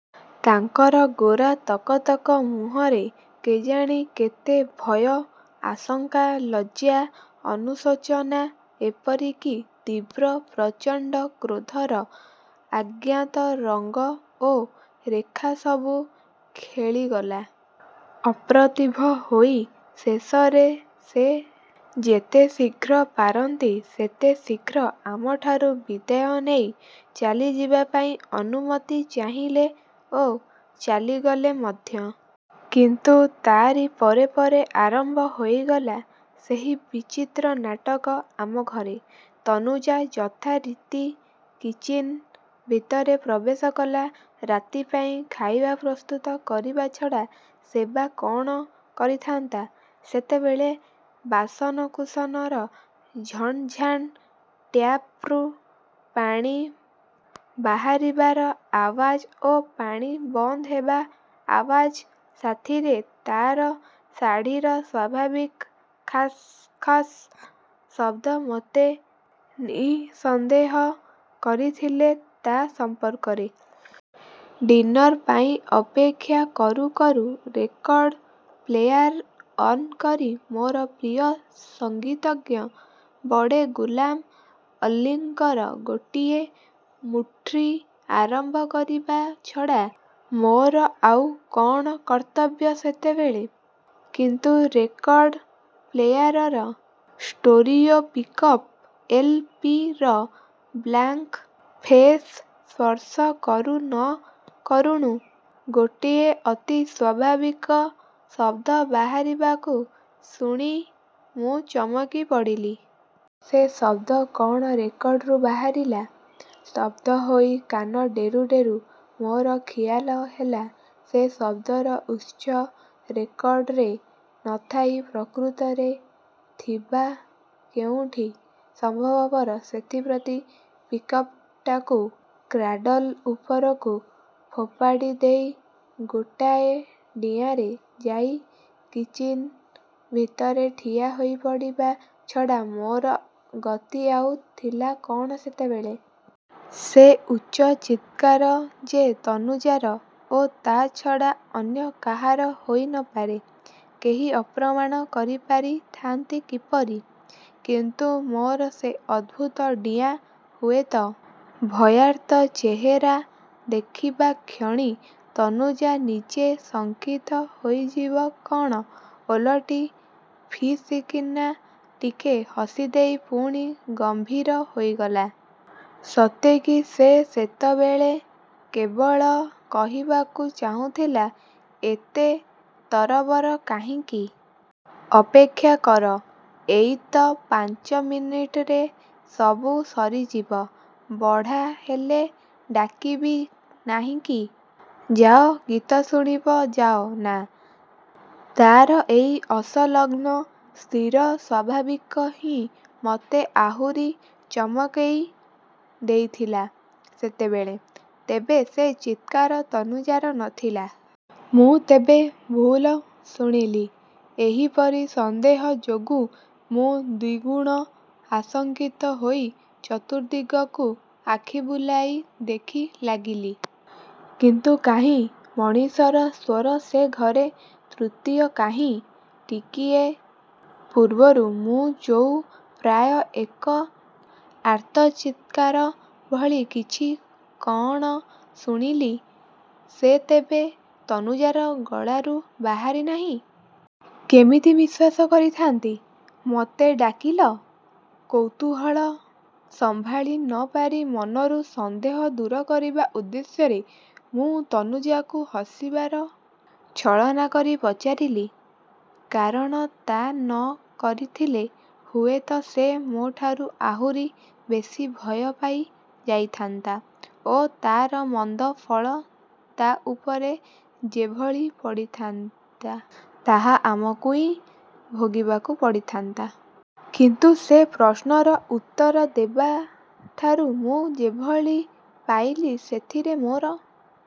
ତାଙ୍କର ଗୋରା ତକତକ ମୁହଁରେ କେଜାଣି କେତେ ଭୟ, ଆଶଙ୍କା, ଲଜ୍ଜ୍ୟା ଅନୁଶୋଚନା ଏପରି କି ତୀବ୍ର ପ୍ରଚଣ୍ଡ କ୍ରୋଧର ଆଜ୍ଞାତ ରଙ୍ଗ ଓ ରେଖାସବୁ ଖେଳିଗଲା। ଅପ୍ରତିଭ ହୋଇ ଶେଷରେ ସେ ଯେତେ ଶୀଘ୍ର ପାରନ୍ତି ସେତେ ଶୀଘ୍ର ଆମଠାରୁ ବିଦାୟ ନେଇ ଚାଲିଯିବାପାଇଁ ଅନୁମତି ଚାହିଁଲେ ଓ ଚାଲିଗଲେ ମଧ୍ୟ। କିନ୍ତୁ ତାରି ପରେ ପରେ ଆରମ୍ଭ ହୋଇଗଲା ସେଇ ବିଚିତ୍ର ନାଟକ ଆମ ଘରେ। ତନୁଜା ଯଥାରୀତି କିଚିନ୍ ଭିତରେ ପ୍ରବେଶ କଲା। ରାତି ପାଇଁ ଖାଇବା ପ୍ରସ୍ତୁତ କରିବା ଛଡ଼ା ସେବା କ'ଣ କରିଥାନ୍ତା ସେତେବେଳେ। ବାସନକୁସନର ଝଣଝାଣ୍, ଟ୍ୟାପ୍ରୁ ପାଣି ବାହାରିବାର ଆୱାଜ ଓ ପାଣି ବନ୍ଦ ହେବା ଆୱାଜ ସାଥୀରେ ତାର ଶାଢ଼ୀର ସ୍ଵାଭାବିକ ଖସ୍ ଖସ୍ ଶବ୍ଦ ମୋତେ ନିଃସନ୍ଦେହ କରିଥିଲେ ତା' ସମ୍ପର୍କରେ। ଡିନର ପାଇଁ ଅପେକ୍ଷା କରୁ କରୁ ରେକର୍ଡ଼ ପ୍ଲେୟାର ଅନ୍ କରି ମୋର ପ୍ରିୟ ସଙ୍ଗୀତଜ୍ଞ ବଡ଼େ ଗୁଲାମ ଅଲ୍ଲିଙ୍କର ଗୋଟିଏ ଠୁମ୍ରୀ ଆରମ୍ଭ କରିବା ଛଡ଼ା ମୋର ଆଉ କ'ଣ କର୍ତ୍ତବ୍ୟ ସେତେବେଳେ। କିନ୍ତୁ ରେକର୍ଡ଼ ପ୍ଲେୟାରର ଷ୍ଟୋରିଓ ପିକ୍ଅପ୍ ଏଲ୍. ପି. ର ବ୍ଳାଙ୍କ ଫେସ୍ ସ୍ପର୍ଶ କରୁ ନ କରୁଣୁ ଗୋଟିଏ ଅତି ଅସ୍ଵାଭିକ ଶବ୍ଦ ବାହାରିବାକୁ ଶୁଣି ମୁଁ ଚମକି ପଡ଼ିଲି। ସେ ଶବ୍ଦ କ'ଣ ରେକର୍ଡ଼ରୁ ବାହାରିଲା? ସ୍ତବ୍ଧ ହୋଇ କାନ ଡେରୁ ଡେରୁ ମୋର ଖିଆଲ ହେଲା-ସେ ଶବ୍ଦର ଉତ୍ସ ରେକର୍ଡ଼ରେ ନଥାଇ ପ୍ରକୃତରେ ଥିବା କେଉଁଠି ସମ୍ଭବପର, ସେଥିପ୍ରତି। ପିକ୍ଅପ୍ଟାକୁ କ୍ରାଡ଼ଲ ଉପରକୁ ଫୋପାଡ଼ି ଦେଇ ଗୋଟାଏ ଡିଆଁରେ ଯାଇ କିଚିନ୍ ଭିତରେ ଠିଆ ହୋଇପଡ଼ିବା ଛଡ଼ା ମୋର ଗତି ଆଉ ଥିଲା କ'ଣ ସେତେବେଳେ? ସେ ଉଚ୍ଚ ଚିତ୍କାର ଯେ ତନୁଜାର ଓ ତା' ଛଡ଼ା ଅନ୍ୟ କାହାର ହୋଇ ନପାରେ-କେହି ଅପ୍ରମାଣ କରିପାରିଥାନ୍ତି କିପରି? କିନ୍ତୁ ମୋର ସେ ଅଦ୍ଭୁତ ଡିଆଁ ହୁଏତ ଭୟାର୍ତ୍ତ ଚେହେରା ଦେଖିବାକ୍ଷଣି ତନୁଜା ନିଜେ ଶଙ୍କିତ ହୋଇଯିବ କଣ ଓଲଟି ଫିସିକିନା ଟିକେ ହସିଦେଇ ପୁଣି ଗମ୍ଭୀର ହୋଇଗଲା-ସତେକି ସେ ସେତେବେଳେ କେବଳ କହିବାକୁ ଚାହୁଁଥିଲା: ଏତେ ତରବର କାହିଁକି? ଅପେକ୍ଷା କର। ଏଇତ ପାଞ୍ଚ ମିନିଟରେ ସବୁ ସରିଯିବ। ବଢ଼ା ହେଲେ ଡାକିବି ନାହିଁ କି। ଯାଅ ଗୀତ ଶୁଣିବ ଯାଅ ନା। ତାର ଏଇ ଅସଲଗ୍ନ ସ୍ଥିର ସ୍ୱାଭାବିକ ହିଁ ମତେ ଆହୁରି ଚମକଇ ଦେଇଥିଲା ସେତେବେଳେ। ତେବେ ସେ ଚିତ୍କାର ତନୁଜାର ନଥିଲା। ମୁଁ ତେବେ ଭୁଲ ଶୁଣିଲି? ଏହିପରି ସନ୍ଦେହ ଯୋଗୁଁ ମୁଁ ଦ୍ଵିଗୁଣ ଆଶଙ୍କିତ ହୋଇ ଚତୁର୍ଦ୍ଦିଗକୁ ଆଖି ବୁଲାଇ ଦେଖି ଲାଗିଲି। କିନ୍ତୁ କାହିଁ-? ମଣିଷର ସ୍ୱର ସେ ଘରେ ତୃତୀୟ କାହିଁ? ଟିକିଏ ପୂର୍ବରୁ ମୁଁ ଯୋଉ ପ୍ରାୟ ଏକ ଆର୍ତ୍ତଚିତ୍କାର ଭଳି କିଛି କଅଣ ଶୁଣିଲି ସେ ତେବେ ତନୁଜାର ଗଳାରୁ ବାହାରି ନାହିଁ? -କେମିତି ବିଶ୍ୱାସ କରିଥାନ୍ତି। 'ମତେ ଡାକିଲ? ' କୌତୁହଳ ସମ୍ଭାଳି ନପାରି ମନରୁ ସନ୍ଦେହ ଦୂର କରିବା ଉଦ୍ଦେଶ୍ୟରେ ମୁଁ ତନୁଜାକୁ ହସିବାର ଛଳନା କରି ପଚାରିଲି, କାରଣ ତା ନ କରିଥିଲେ ହୁଏତ ସେ ମୋ ଠାରୁ ଆହୁରି ବେଶୀ ଭୟ ପାଇ ଯାଇଥାନ୍ତା ଓ ତାର ମନ୍ଦ ଫଳ ତା' ଉପରେ ଯେଭଳି ପଡ଼ିଥାନ୍ତା ତାହା ଆମକୁଇ ଭୋଗିବାକୁ ପଡ଼ିଥାନ୍ତା। କିନ୍ତୁ ସେ ପ୍ରଶ୍ନର ଉତ୍ତର ଦେବାଠାରୁ ମୁଁ ଯେଭଳି ପାଇଲି ସେଥିରେ ମୋର